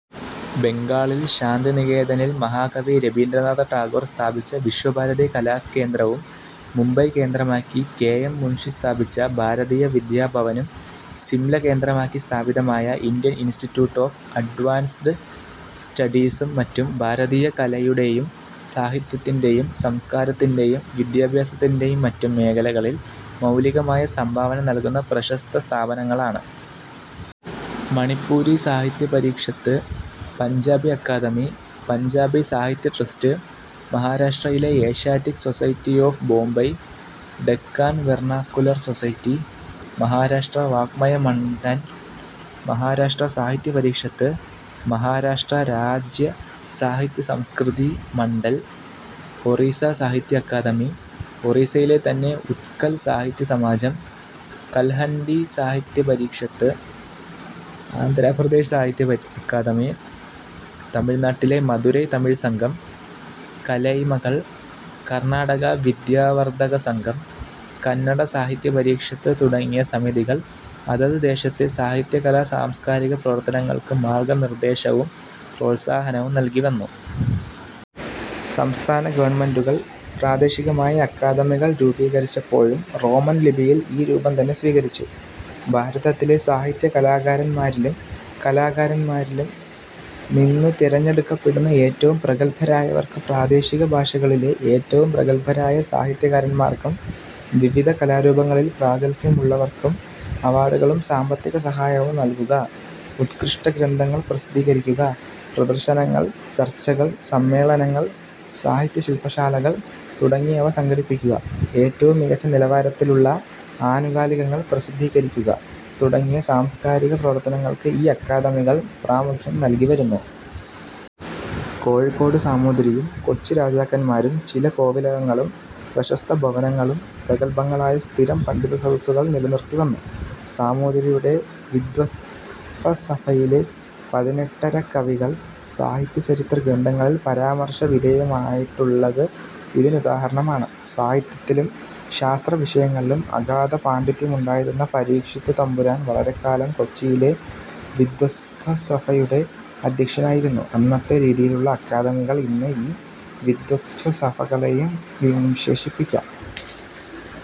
ബംഗാളിൽ ശാന്തിനികേതനിൽ മഹാകവി രബീന്ദ്രനാഥ ടാഗോർ സ്ഥാപിച്ച വിശ്വഭാരതി കലാകേന്ദ്രവും മുംബൈ കേന്ദ്രമാക്കി കെ. എം. മുൻഷി സ്ഥാപിച്ച ഭാരതീയവിദ്യാഭവനും സിംല കേന്ദ്രമാക്കി സ്ഥാപിതമായ ഇന്ത്യൻ ഇൻസ്റ്റിറ്റ്യൂട്ട് ഒഫ് അഡ്വാൻസ്ഡ് സ്റ്റഡീസും മറ്റും ഭാരതീയ കലയുടെയും സാഹിത്യത്തിന്റെയും സംസ്കാരത്തിന്റെയും വിദ്യാഭ്യാസത്തിന്റെയും മറ്റും മേഖലകളിൽ മൌലികമായ സംഭാവന നല്കുന്ന പ്രശസ്ത സ്ഥാപനങ്ങളാണ്. മണിപ്പുരി സാഹിത്യപരിഷത്, പഞ്ചാബി അക്കാദമി, പഞ്ചാബി സാഹിത്യ ട്രസ്റ്റ്, മഹാരാഷ്ട്രയിലെ Asiatic society of Bombay, Deccan vernacular society, Maharashtra വാങ്മയ മണ്ഡൽ, മഹാരാഷ്ട്ര സാഹിത്യപരിഷത്, മഹാരാഷ്ട്ര രാജ്യ സാഹിത്യസംസ്കൃതി മണ്ഡൽ, ഒറീസ സാഹിത്യ അക്കാദമി, ഒറീസയിലെ തന്നെ ഉത്കൽ സാഹിത്യസമാജം, കല്ഹൻഡി സാഹിത്യപരിഷത്, ആന്ധ്രാപ്രദേശ് സാഹിത്യ അക്കാദമി, തമിഴ്നാട്ടിലെ മധുരൈ തമിഴ് സംഘം, കലൈമകൾ, കർണാടക വിദ്യാവർധകസംഘം, കന്നഡ സാഹിത്യപരിഷത് തുടങ്ങിയ സമിതികൾ അതതു ദേശത്തെ സാഹിത്യകലാ സാംസ്കാരിക പ്രവർത്തനങ്ങൾക്കു മാർഗനിർദ്ദേശവും പ്രോത്സാഹനവും നല്കി വന്നു. സംസ്ഥാന ഗവൺമെന്റുകൾ പ്രാദേശികമായി അക്കാദമികൾ രൂപീകരിച്ചപ്പോഴും റോമൻ ലിപിയിൽ ഈ രൂപം തന്നെ സ്വീകരിച്ചു. ഭാരതത്തിലെ സാഹിത്യകാരന്മാരിലും കലാകാരന്മാരിലും നിന്നു തെരഞ്ഞെടുക്കപ്പെടുന്ന ഏറ്റവും പ്രഗല്ഭരായവർക്കും പ്രാദേശിക ഭാഷകളിലെ ഏറ്റവും പ്രഗല്ഭരായ സാഹിത്യകാരന്മാർക്കും വിവിധ കലാരൂപങ്ങളിൽ പ്രാഗല്ഭ്യമുള്ളവർക്കും അവാർഡുകളും സാമ്പത്തിക സഹായവും നല്കുക; ഉത്കൃഷ്ട ഗ്രന്ഥങ്ങൾ പ്രസിദ്ധീകരിക്കുക; പ്രദർശനങ്ങൾ, ചർച്ചകൾ, സമ്മേളനങ്ങൾ, സാഹിത്യശില്പശാലകൾ തുടങ്ങിയവ സംഘടിപ്പിക്കുക; ഏറ്റവും മികച്ച നിലവാരത്തിലുള്ള ആനുകാലികങ്ങൾ പ്രസിദ്ധീകരിക്കുക തുടങ്ങിയ സാംസ്കാരിക പ്രവർത്തനങ്ങൾക്ക് ഈ അക്കാദമികൾ പ്രാമുഖ്യം നല്കി വരുന്നു. കോഴിക്കോടു സാമൂതിരിയും കൊച്ചി രാജാക്കന്മാരും ചില കോവിലകങ്ങളും പ്രശസ്ത ഭവനങ്ങളും പ്രഗല്ഭങ്ങളായ സ്ഥിരം പണ്ഡിതസദസ്സുകൾ നിലനിറുത്തിവന്നു. സാമൂതിരിയുടെ വിദ്വത്സഭയിലെ പതിനെട്ടരക്കവികൾ സാഹിത്യചരിത്രഗ്രന്ഥങ്ങളിൽ പരാമർശ വിധേയമായിട്ടുള്ളത് ഇതിനുദാഹരണമാണ്. സാഹിത്യത്തിലും ശാസ്ത്രവിഷയങ്ങളിലും അഗാധ പാണ്ഡിത്യമുണ്ടായിരുന്ന പരീക്ഷിത്തുതമ്പുരാൻ വളരെക്കാലം കൊച്ചിയിലെ വിദ്വത്സഭയുടെ അധ്യക്ഷനായിരുന്നു. അന്നത്തെ രീതിയിലുള്ള അക്കാദമികൾ എന്ന് ഈ വിദ്വത്സഭകളെയും വിശേഷിപ്പിക്കാം.